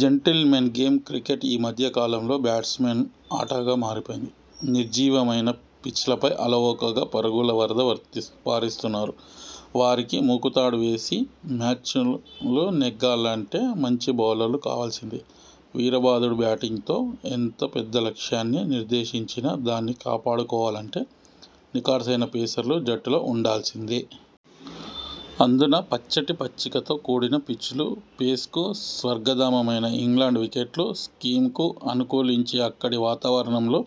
Gentlemen game cricket ఈ మధ్య కాలంలో బ్యాట్స్మెన్ ఆటగా మారిపోయింది! నిర్జీవమైన పిచ్లపై అలవోకగా పరుగుల వరద పారిస్తున్నారు. వారికి ముకుతాడు వేసి మ్యాచ్లు నెగ్గాలంటే మంచి బౌలర్లు కావాల్సిందే..! వీరబాదుడు బ్యాటింగ్తో ఎంత పెద్ద లక్ష్యాన్ని నిర్దేశించినా దాన్ని కాపాడుకోవాలంటే నిఖార్సైన పేసర్లు జట్టులో ఉండాల్సిందే..! అందునా పచ్చటి పచ్చికతో కూడిన పిచ్లు, పేస్కు స్వర్గధామమైన ఇంగ్లండ్ వికెట్లు, సీమ్కు అనుకూలించే అక్కడి వాతావరణంలో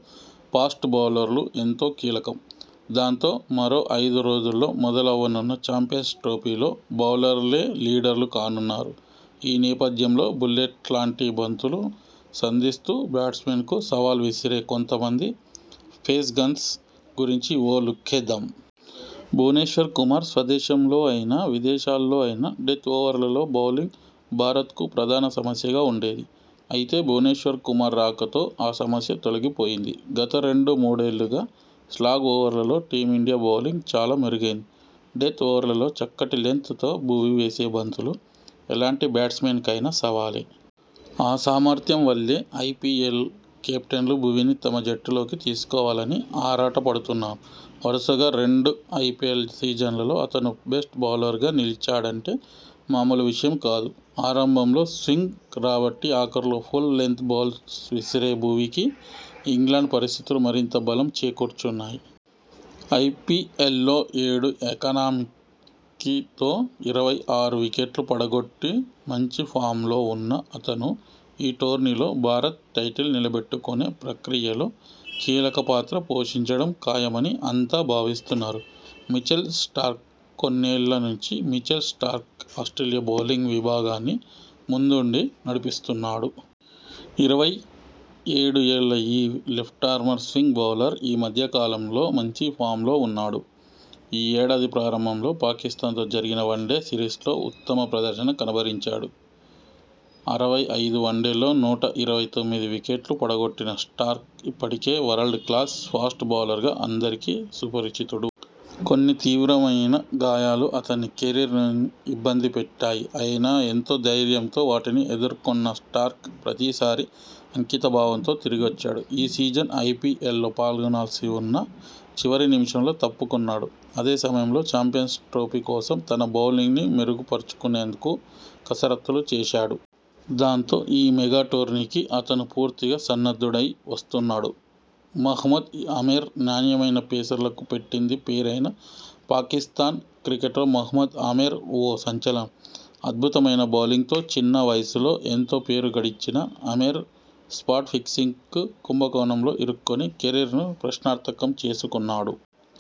ఫాస్ట్ బౌలర్లు ఎంతో కీలకం..! దాంతో, మరో ఐదు రోజుల్లో మొదలవనున్న చాంపియన్స్ ట్రోఫీలో బౌలర్లే లీడర్లు కానున్నారు..! ఈ నేపథ్యంలో బుల్లెట్ల లాంటి బంతులు సంధిస్తూ బ్యాట్స్మెనకు సవాల్ విసిరే కొంతమంది 'పేస్ గన్స్' గురించి ఓ లుక్కేద్దాం. భువనేశ్వర్ కుమార్ స్వదేశంలో అయినా, విదేశాల్లో అయినా డెత్ ఓవర్లలో బౌలింగ్ భారత్కు ప్రధాన సమస్యగా ఉండేది. అయితే, భువనేశ్వర్ కుమార్ రాకతో ఆ సమస్య తొలగి పోయింది. గత రెండు మూడేళ్లుగా స్లాగ్ ఓవర్లలో టీమిండియా బౌలింగ్ చాలా మెరుగైంది. డెత్ ఓవర్లలో చక్కటి లెంత్ తో భువీ వేసే బంతులు ఎలాంటి బ్యాట్స్ మెన్ కైనా సవాలే. ఆ సామర్థ్యం వల్లే ఐ పీ ఎల్ కెప్టెన్లు భువీని తమ జట్టు లోకి తీసుకోవాలని ఆరాటపడుతున్నారు. వరుసగా రెండు ఐ పీ ఎల్ సీజన్లలో అతను బెస్ట్ బౌలర్గా నిలిచాడంటే మామూలు విషయం కాదు. ఆరంభంలో స్వింగ్ రాబట్టి, ఆఖర్లో ఫుల్ లెన్త్ బాల్స్ విసిరే భువీకి ఇంగ్లండ్ పరిస్థితులు మరింత బలం చేకూర్చనున్నాయి. ఐ పీ ఎల్లో ఏడు ఎకానమీ తో ఇరవై ఆరు వికెట్లు పడగొట్టి మంచి ఫామ్లో ఉన్న అతను ఈ టోర్నీలో భారత్ టైటిల్ నిలబెట్టుకునే ప్రక్రియలో కీలక పాత్ర పోషించడం ఖాయమని అంతా భావిస్తున్నారు. మిచెల్ స్టార్క్ కొన్నేళ్ల నుంచి మిచెల్ స్టార్క్ ఆస్ట్రేలియా బౌలింగ్ విభాగాన్ని ముందుండి నడిపిస్తున్నాడు. ఇరవై ఏడు ఏళ్ల ఈ లెఫ్టార్మ్ స్వింగ్ బౌలర్ ఈ మధ్య కాలంలో మంచి ఫామ్లో ఉన్నాడు. ఈ ఏడాది ప్రారంభంలో పాకిస్థాన్తో జరిగిన వన్డే సిరీస్లో ఉత్తమ ప్రదర్శన కనబరిచాడు. అరవై ఐదు వన్డేల్లో నూట ఇరవై తొమ్మిది వికెట్లు పడగొట్టిన స్టార్క్ ఇప్పటికే వరల్డ్ క్లాస్ ఫాస్ట్ బౌలర్గా అందరికీ సుపరిచితుడు. కొన్ని తీవ్రమైన గాయాలు అతని కెరీర్ను ఇబ్బంది పెట్టాయి. అయినా.. ఎంతో ధైర్యంతో వాటిని ఎదుర్కొన్న స్టార్క్ ప్రతీసారి అంకిత భావంతో తిరిగొచ్చాడు. ఈ సీజన్ ఐ పీ ఎల్లో పాల్గొనాల్సివున్నా.. చివరి నిమిషంలో తప్పుకొన్నాడు. అదే సమయంలో చాంపియన్స్ ట్రోఫీ కోసం తన బౌలింగ్ను మెరుగు పరుచుకునేందుకు కసరత్తులు చేశాడు. దాంతో, ఈ మెగా టోర్నీకి అతను పూర్తిగా సన్నద్ధుడై వస్తున్నాడు. మహమ్మద్ ఆమెర్ నాణ్యమైన పేసర్లకు పెట్టింది పేరైన పాకిస్థాన్ క్రికెట్లో మహమ్మద్ ఆమెర్ ఓ సంచలనం. అద్భుతమైన బౌలింగ్తో చిన్న వయసులో ఎంతో పేరు గడించిన ఆమెర్ స్పాట్ -ఫిక్సింగ్ కుంభకోణంలో ఇరుక్కొని కెరీర్ను ప్రశ్నార్థకం చేసుకున్నాడు.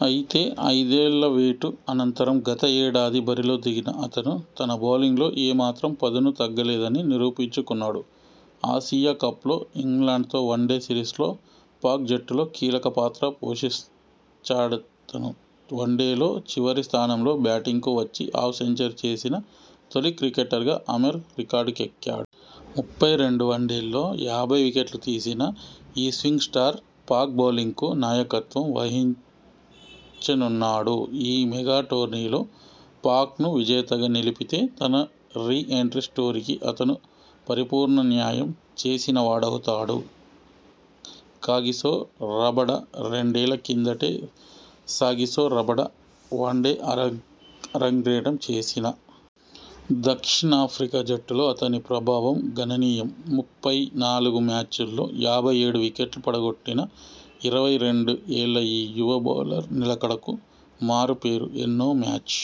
అయితే, ఐదేళ్ల వేటు అనంతరం గతేడాది బరిలోకి దిగిన అతను తన బౌలింగ్లో ఏ మాత్రం పదును తగ్గలేదని నిరూపించుకున్నాడు. ఆసియా కప్లో, ఇంగ్లండ్తో వన్డే సిరీస్లో పాక్ జట్టులో కీలక పాత్ర పోషించాడతను. వన్డేల్లో చివరి స్థానంలో బ్యాటింగ్కు వచ్చి హాఫ్ సెంచరీ చేసిన తొలి క్రికెటర్గా ఆమెర్ రికార్డుకెక్కాడు. ముప్పై రెండు వన్డేల్లో యాభై వికెట్లు తీసిన ఈ స్వింగ్ స్టార్ పాక్ బౌలింగ్కు నాయకత్వం వహించనున్నాడు. ఈ మెగా టోర్నీలో పాక్ను విజేతగా నిలిపితే తన రీ ఎంట్రీ స్టోరీకి అతను పరిపూర్ణ న్యాయం చేసినవాడవుతాడు. కాగిసో రబాడ రెండేళ్ల కిందటే కాగిసో రబాడ వన్డే అరంగేట్రం చేసినా.. దక్షిణాఫ్రికా జట్టులో అతని ప్రభావం గణనీయం. ముప్పై నాలుగు మ్యాచ్ల్ లో యాభై ఏడు వికెట్లు పడగొట్టిన ఇరవై రెండు ఏళ్ల ఈ యువ బౌలర్ నిలకడకు మారు పేరు. ఎన్నో మ్యాచ్